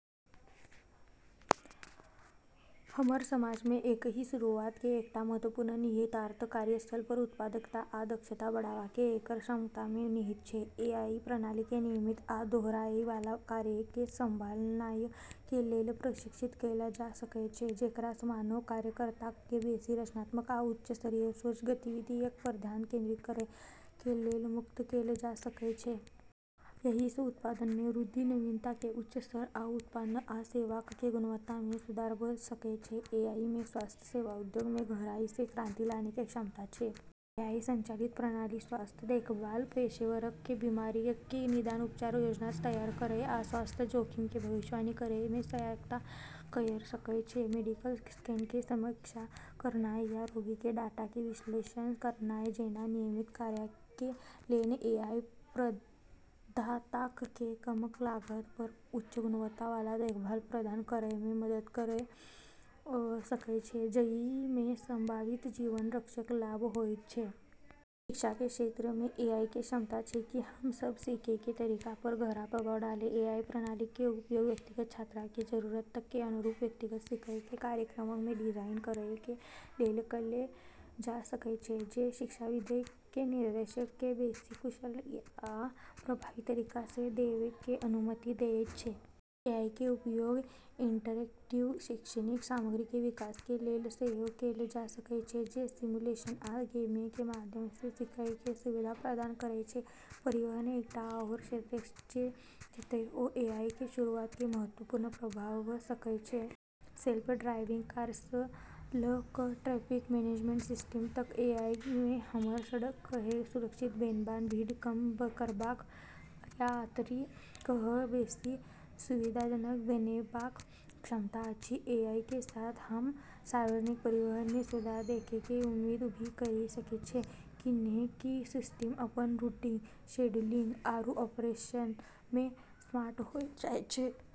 हमर समाज मे एआई कें शुरूआत कें एकटा महत्वपूर्ण निहितार्थ कार्यस्थल पर उत्पादकता आ दक्षता बढ़ावा कें एकर क्षमता मे निहित छै। एआई प्रणाली कें नियमित आ दोहराएय वाला कार्यक कें संभालनाय कें लेल प्रशिक्षित कैल जा सकय छै, जेकरा सं मानव कार्यकर्ताक कें बेसि रचनात्मक आ उच्च स्तरीय सोच गतिविधियक पर ध्यान केंद्रित करय कें लेल मुक्त कैल जा सकय छै। अइ सं उत्पादन मे वृद्धि, नवीनता कें उच्च स्तर, आ उत्पाद आ सेवाक कें गुणवत्ता मे सुधार भ सकय छै। एआई मे स्वास्थ्य सेवा उद्योग मे गहराई स क्रांति लानै के क्षमता छै। एआई संचालित प्रणाली स्वास्थ्य देखभाल पेशेवरक कें बीमारियक कें निदान, उपचार योजना तैयार करय आ स्वास्थ्य जोखिम कें भविष्यवाणी करय मे सहायता कयर सकय छै। मेडिकल स्कैन कें समीक्षा करनाय या रोगी कें डाटा कें विश्लेषण करनाय जैना नियमित कार्यक कें लेल, एआई प्रदाताक कें कम लागत पर उच्च गुणवत्ता वाला देखभाल प्रदान करय मे मदद कयर सकय छै, जइ मे संभावित जीवन रक्षक लाभ होयत छै। शिक्षा के क्षेत्र में एआई के क्षमता छै कि हम सब सीखै के तरीका पर गहरा प्रभाव डालै। एआई प्रणालीक कें उपयोग व्यक्तिगत छात्रक कें जरूरतक कें अनुरूप व्यक्तिगत सीखय कें कार्यक्रमक कें डिजाइन करय कें लेल कैल जा सकय छै, जे शिक्षाविदक कें निर्देशक कें बेसि कुशल आ प्रभावी तरीका सं देवय कें अनुमति देयत छै। एआई कें उपयोग इंटरैक्टिव शैक्षिक सामग्री कें विकास कें लेल सेहो कैल जा सकय छै, जे सिमुलेशन आ गेमिंग कें माध्यम सं सीखय कें सुविधा प्रदान करय छै। परिवहन एकटा आओर क्षेत्र छै जतय ओ एआई कें शुरूआत कें महत्वपूर्ण प्रभाव भ सकय छै। सेल्फ ड्राइविंग कार सं ल क ट्रैफिक मैनेजमेंट सिस्टम तक एआई मे हमर सड़क कए सुरक्षित बनेबाक, भीड़ कम करबाक, आ यात्रा कए बेसी सुविधाजनक बनेबाक क्षमता अछि। एआई के साथ हम सार्वजनिक परिवहन मे सुधार देखै के उम्मीद भी करी सकै छियै, कैन्हेंकि सिस्टम अपन रूटिंग, शेड्यूलिंग, आरू ऑपरेशन मे स्मार्ट होय जाय छै।